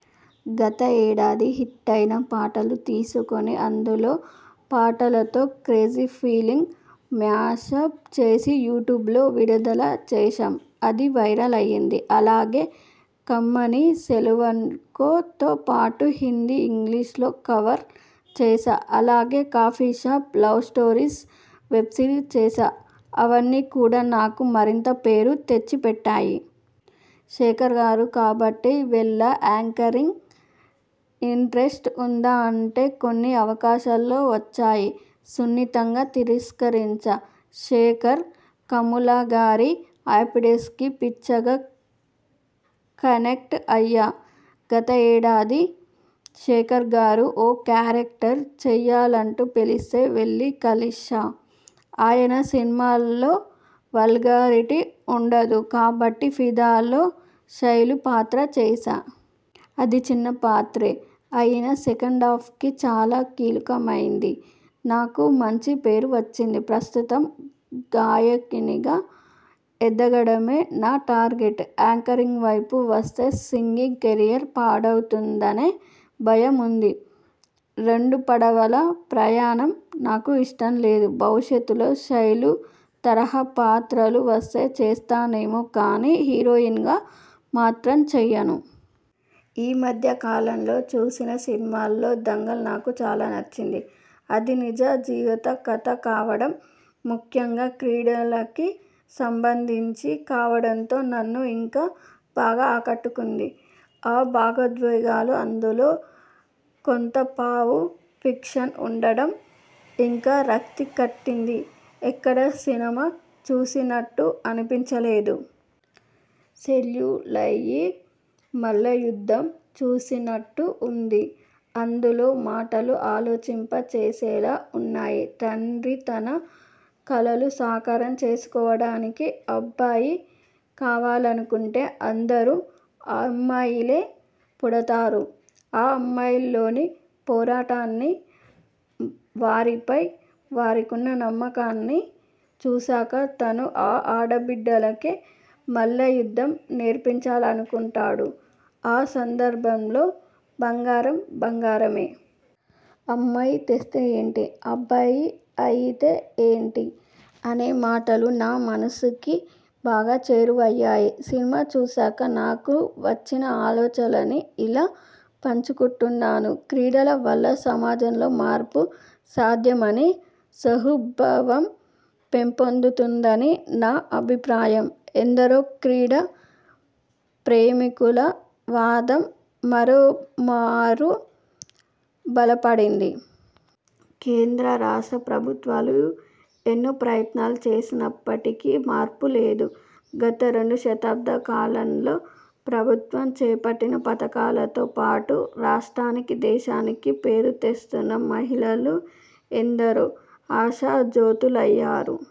గతేడాది హిట్టైన పాటలు తీసుకుని అందులో పాటలతో 'క్రేజీ ఫీలింగ్' 'మ్యాషప్' చేసి యూ ట్యూబ్లో విడుదల చేశాం. అది వైరల్ అయింది. అలాగే 'కమ్మనీ', 'సెలవనుకో'తోపాటు హిందీ, ఇంగ్లి్షలో కవర్ చేశా. అలాగే 'కాఫీషాప్ లవ్స్టోరీస్' వెబ్సిరీస్ చేశా. అవన్నీ కూడా నాకు మరింత పేరు తెచ్చిపెట్టాయి. శేఖర్గారు కాబట్టి వెళ్లా యాంకరింగ్ ఇంట్రెస్ట్ ఉందా అంటే కొన్ని అవకాశాలొచ్చాయి. సున్నితంగా తిరస్కరించా. శేఖర్ కమ్ములగారి 'హ్యాపీడే్స'కి పిచ్చగా కనెక్ట్ అయ్యా. గతేడాది శేఖర్గారు ఓ క్యారెక్టర్ చెయ్యాలంటూ పిలిస్తే వెళ్లి కలిశా. ఆయన సినిమాల్లో వల్గారిటీ ఉండదు కాబట్టి 'ఫిదా'లో శైలూ పాత్ర చేశా. అది చిన్న పాత్రే అయినా సెకెండా్ఫకి చాలా కీలకమైంది. నాకూ మంచి పేరొచ్చింది. ప్రస్తుతం గాయనిగా ఎదగడమే నా టార్గెట్. యాక్టింగ్ వైపు వస్తే సింగింగ్ కెరీర్ పాడవుతుందనే భయం ఉంది. రెండు పడవల ప్రయాణం నాకు ఇష్టం లేదు. భవిష్యత్తులో శైలూ తరహా పాత్రలు వస్తే చేస్తానేమో కానీ హీరోయిన్గా మాత్రం చెయ్యను. ఈ మధ్య కాలంలో చూసిన సినిమాల్లో దంగల్ నాకు చాలా నచ్చింది. అది నిజ జీవిత కథ కావడం. ముఖ్యంగా క్రీడలకి సంబంధించి కావడంతో నన్ను ఇంకా బాగా ఆకట్టుకుంది. ఆ భాగొద్వేగాలు, అందులో కొంతపావు ఫిక్షన్ ఉండడం ఇంకా రక్తి కట్టింది. ఎక్కడా సినిమా చూసిన్నట్టు అనిపించ లేదు. సెల్యులాయి మల్లయుద్ధం చూస్తున్నట్టు ఉంది. అందులో మాటలు ఆలోచింప చేసేలా ఉన్నాయి. తండ్రి తన కలలు సాకారం చేసుకోవడానికి అబ్బాయి కావాలనుకుంటే అందరూ అమ్మాయిలే పుడతారు. ఆ అమ్మాయిల్లోని పోరాటాన్ని, వారిపై వారికున్న నమ్మకాన్ని చూసాకా, అతను ఆ ఆడ బిడ్డలకే మల్లయుద్ధం నేర్పించాలనుకుంటాడు. ఆ సందర్భంలో ''బంగారం బంగారమే. అమ్మాయి తెస్తే ఏంటి? అబ్బాయి అయితే ఏంటి? '' అనే మాటలు నా మనసుకి బాగా చేరువయ్యాయి. సినిమా చూసాక నాకు వచ్చిన ఆలోచలని ఇలా పంచుకుంటున్నాను. క్రీడల వల్ల సమాజంలో మార్పు సాధ్యమనీ, సుహుద్భావం పెంపొందుతుందనీ నా అభిప్రాయం, ఎందరో క్రీడా ప్రేమికుల వాదం మరో మారు బలపడింది. కేంద్ర, రాష్ట్ర ప్రభుత్వాలు ఎన్నో ప్రయత్నాలు చేసినప్పటికీ మార్పు లేదు. గత రెండు దశాబ్దాల కాలంలో ప్రభుత్వం చేపట్టిన పథకాలతో పాటు; రాష్ట్రానికీ, దేశానికీ పేరుతెస్తున్న మహిళలు ఎందరో ఆశాజ్యోతులయ్యారు.